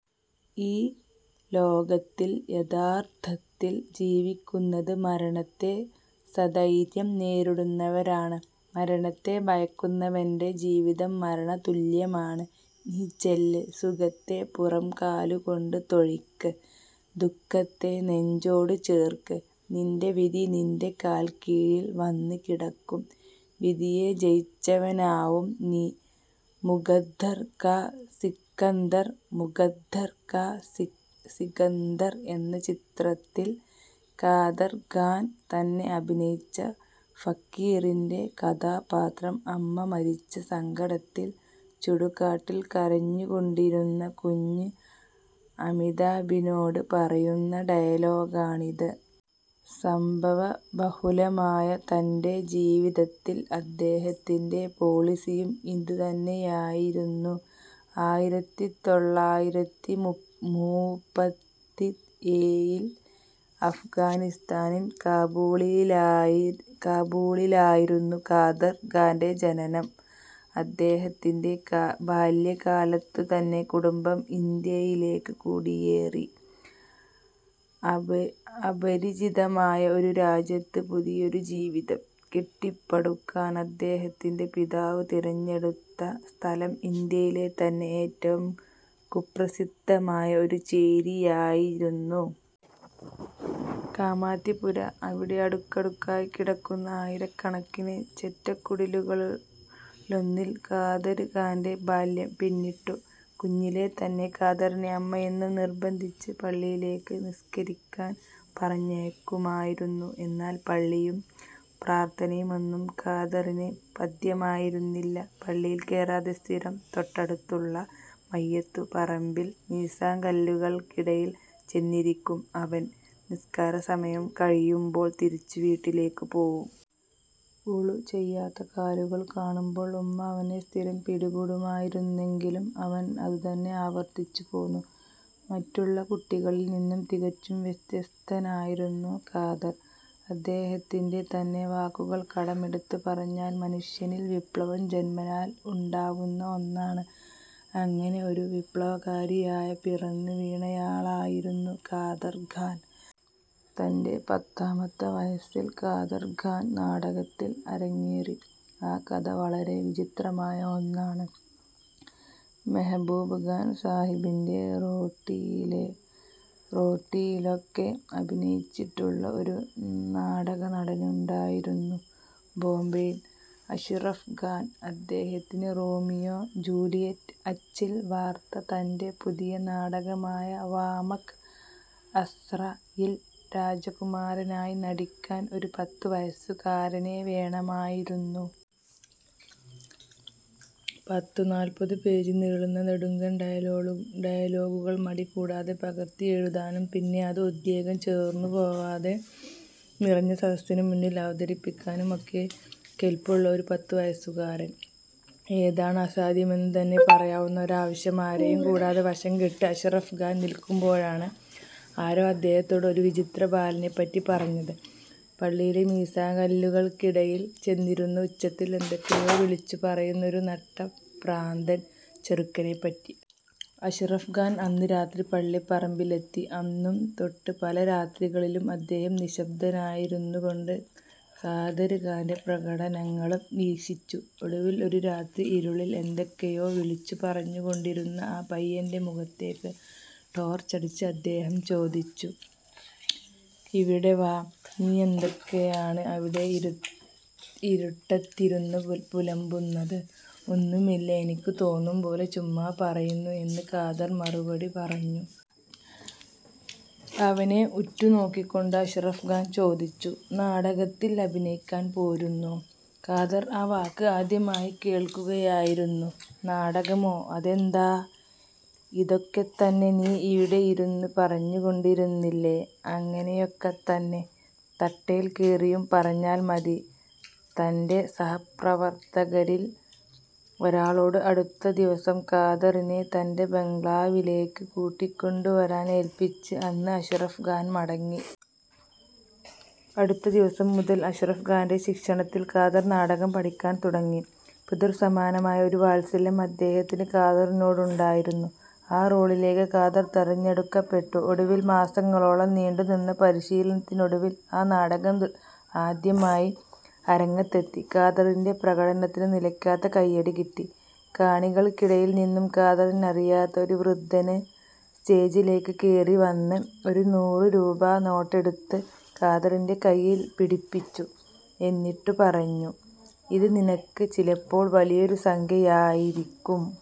ഈ ലോകത്തില്‍ യഥാര്‍ത്ഥത്തിൽ ജീവിക്കുന്നത് മരണത്തെ സധൈര്യം നേരിടുന്നവരാണ്. മരണത്തെ ഭയക്കുന്നവന്റെ ജീവിതം മരണതുല്യമാണ്. നീ ചെല്ല് സുഖത്തെ പുറംകാലുകൊണ്ട് തൊഴിക്ക്. ദു:ഖത്തെ നെഞ്ചോട് ചേര്‍ക്ക് നിന്‍റെ വിധി നിന്‍റെ കാൽ കീഴിൽ വന്നുകിടക്കും വിധിയെ ജയിച്ചവനാവും നീ മുകദ്ദർ കാ സിക്കന്ദർ ' മുകദ്ദർ കാ സികന്ദർ എന്ന ചിത്രത്തില്‍ കാദർ ഖാൻ തന്നെ അഭിനയിച്ച ഫക്കീറിന്റെ കഥാപാത്രം അമ്മ മരിച്ച സങ്കടത്തില്‍ ചുടുകാട്ടിൽ കരഞ്ഞുകൊണ്ടിരുന്ന കുഞ്ഞ് അമിതാഭിനോട് പറയുന്ന ഡയലോഗാണിത്. സംഭവ ബഹുലമായ തന്‍റെ ജീവിതത്തില്‍ അദ്ദേഹത്തിന്‍റെ പോളിസിയും ഇതുതന്നെയായിരുന്നു. ആയിരത്തിത്തൊള്ളായിരത്തിമൂപ്പത്തിഏഴിൽ അഫ്ഗാനിസ്ഥാനില്‍ കാബൂളിലായിരുന്നു കാദർ ഖാന്‍റെ ജനനം. അദ്ദേഹത്തിന്‍റെ ബാല്യകാലത്തുതന്നെ കുടുംബം ഇന്ത്യയിലേക്ക് കുടിയേറി. അപരിചിതമായ ഒരു രാജ്യത്ത് പുതിയൊരു ജീവിതം കെട്ടിപ്പടുക്കാന്‍ അദ്ദേഹത്തിന്‍റെ പിതാവ് തിരഞ്ഞെടുത്ത സ്ഥലം, ഇന്ത്യയിലെ തന്നെ ഏറ്റവും കുപ്രസിദ്ധമായ ഒരു ചേരിയായിരുന്നു. കാമാത്തിപുര. അവിടെ അടുക്കടുക്കായി കിടക്കുന്ന ആയിരക്കണക്കിന് ചെറ്റക്കുടിലുകളിലൊന്നിൽ കാദര്ഖാന്റെ ബാല്യം പിന്നിട്ടു. കുഞ്ഞിലേ തന്നെ, കാദറിനെ അമ്മ എന്നും നിർബന്ധിച്ച് പള്ളിയിലേക്ക് നിസ്കരിക്കാൻ പറഞ്ഞയക്കുമായിരുന്നു. എന്നാൽ പള്ളിയും പ്രാർത്ഥനയുമൊന്നും കാദറിന് പഥ്യമായിരുന്നില്ല. പള്ളിയിൽ കേറാതെ സ്ഥിരം തൊട്ടടുത്തുള്ള മയ്യത്തുപറമ്പിൽ മീസാങ്കല്ലുകൾക്കിടയിൽ ചെന്നിരിക്കും അവൻ. നിസ്കാര സമയം കഴിയുമ്പോൾ തിരിച്ചു വീട്ടിലേക്കു പോവും. വുളു ചെയ്യാത്ത കാലുകൾ കാണുമ്പൊൾ ഉമ്മ അവനെ സ്ഥിരം പിടികൂടുമായിരുന്നെങ്കിലും അവൻ അതുതന്നെ ആവർത്തിച്ചുപോന്നു. മറ്റുള്ള കുട്ടികളിൽ നിന്നും തികച്ചും വ്യത്യസ്തനായിരുന്നു കാദർ. അദ്ദേഹത്തിന്‍റെ തന്നെ വാക്കുകൾ കടമെടുത്തു പറഞ്ഞാൽ, ' മനുഷ്യനിൽ വിപ്ലവം ജന്മനാൽ ഉണ്ടാവുന്ന ഒന്നാണ്. അങ്ങനെ ഒരു വിപ്ലവകാരിയായ പിറന്നുവീണയാളായിരുന്നു കാദർ ഖാൻ. തന്‍റെ പത്താമത്തെ വയസ്സിൽ കാദർ ഖാൻ നാടകത്തിൽ അരങ്ങേറി. ആ കഥ വളരെ വിചിത്രമായ ഒന്നാണ് '. മെഹ്ബൂബ് ഖാൻ സാഹിബിന്‍റെ ' റോട്ടി'യിലൊക്കെ അഭിനയിച്ചിട്ടുള്ള ഒരു നാടകനടനുണ്ടായിരുന്നു ബോംബെയിൽ, അഷ്റഫ് ഖാൻ. അദ്ദേഹത്തിന് റോമിയോ ജൂലിയറ്റ് അച്ചിൽ വാർത്ത തന്‍റെ പുതിയ നാടകമായ ' വാമക് അസ്ര'യിൽ രാജകുമാരനായി നടിക്കാൻ ഒരു പത്തുവയസുകാരനെ വേണമായിരുന്നു. പത്തുനാല്പതു പേജ് നീളുന്ന നെടുങ്കൻ ഡയലോഗുകൾ മടി കൂടാതെ പകർത്തിയെഴുതാനും, പിന്നെ അത് ഉദ്വേഗം ചോർന്നുപോവാതെ നിറഞ്ഞ സദസ്സിനുമുന്നിൽ അവതരിപ്പിക്കാനും ഒക്കെ കെല്പുള്ള ഒരു പത്തുവയസ്സുകാരൻ. ഏതാണ് അസാധ്യമെന്നുതന്നെ പറയാവുന്ന ഒരാവശ്യം. ആരെയും കുടാതെ വശംകെട്ട് അഷ്റഫ് ഖാൻ നിൽക്കുമ്പോഴാണ് ആരോ അദ്ദേഹത്തോട് ഒരു വിചിത്ര ബാലനെപ്പറ്റി പറഞ്ഞത്, പള്ളിയിലെ മീസാങ്കല്ലുകൾക്കിടയിൽ ചെന്നിരുന്ന് ഉച്ചത്തിൽ എന്തൊക്കെയോ വിളിച്ചു പറയുന്ന ഒരു നട്ടപ്രാന്തൻ ചെറുക്കനെപ്പറ്റി. അഷ്റഫ് ഖാൻ അന്ന് രാത്രി പള്ളിപ്പറമ്പിലെത്തി. അന്നുതൊട്ട് പല രാത്രികളിലും അദ്ദേഹം നിശ്ശബ്ദനായിരുന്നുകൊണ്ട് കാദര്ഖാന്റെ പ്രകടനങ്ങള് വീക്ഷിച്ചു. ഒടുവില്‍ ഒരു രാത്രി ഇരുളില്‍ എന്തൊക്കെയോ വിളിച്ചുപറഞ്ഞുകൊണ്ടിരുന്ന ആ പയ്യന്‍റെ മുഖത്തേക്ക് ടോര്‍ച്ചടിച്ച് അദ്ദേഹം ചോദിച്ചു, ' ഇവിടെ വാ നീയെന്തൊക്കെയാണ് അവിടെ ഇരുട്ടത്തിരുന്ന് പുലമ്പുന്നത്? ' ഒന്നുമില്ല എനിക്ക് തോന്നുംപോലെ ചുമ്മാ പറയുന്നു ' എന്ന് കാദർ മറുപടി പറഞ്ഞു. അവനെ ഉറ്റുനോക്കിക്കൊണ്ട് അഷ്റഫ് ഖാൻ ചോദിച്ചു, ' നാടകത്തില്‍ അഭിനയിക്കാന്‍ പോരുന്നോ? ' കാദർ ആ വാക്ക് ആദ്യമായി കേള്‍ക്കുകയായിരുന്നു. ' നാടകമോ? അതെന്താ? '' ഇതൊക്കെത്തന്നെ നീ ഇവിടെയിരുന്ന് പറഞ്ഞുകൊണ്ടിരുന്നില്ലേ, അങ്ങനെയൊക്കെത്തന്നെ തട്ടേൽക്കേറിയും പറഞ്ഞാല്‍ മതി. ' തന്‍റെ സഹപ്രവര്‍ത്തകരില്‍ ഒരാളോട് അടുത്ത ദിവസം കാദറിനെ തന്‍റെ ബംഗ്ലാവിലേക്ക് കൂട്ടിക്കൊണ്ടുവരാനേല്പ്പിച്ച് അന്ന് അഷ്റഫ് ഖാൻ മടങ്ങി. അടുത്ത ദിവസം മുതല്‍ അഷ്റഫ് ഖാന്‍റെ ശിക്ഷണത്തില്‍ കാദർ നാടകം പഠിക്കാന്‍ തുടങ്ങി. പിതൃസമാനമായ ഒരു വാത്സല്യം അദ്ദേഹത്തിന് കാദറിനോടുണ്ടായിരുന്നു. ആ റോളിലേക്ക് കാദർ തെരഞ്ഞെടുക്കപ്പെട്ടു. ഒടുവില്‍ മാസങ്ങളോളം നീണ്ടുനിന്ന പരിശീലനത്തിനൊടുവിൽ ആ നാടകം ആദ്യമായി അരങ്ങത്തെത്തി. കാദറിന്റെ പ്രകടനത്തിന് നിലയ്ക്കാത്ത കയ്യടി കിട്ടി. കാണികള്‍ക്കിടയില്‍ നിന്നും കാദറിനറിയാത്ത ഒരു വൃദ്ധന് സ്റ്റേജിലേക്ക് കേറി വന്ന് ഒരു നൂറു രൂപാ നോട്ടെടുത്ത് കാദറിന്റെ കയ്യില്‍ പിടിപ്പിച്ചു. എന്നിട്ടുപറഞ്ഞു, ' ഇത് നിനക്ക് ചിലപ്പോള്‍ വലിയൊരു സംഖ്യയായിരിക്കും.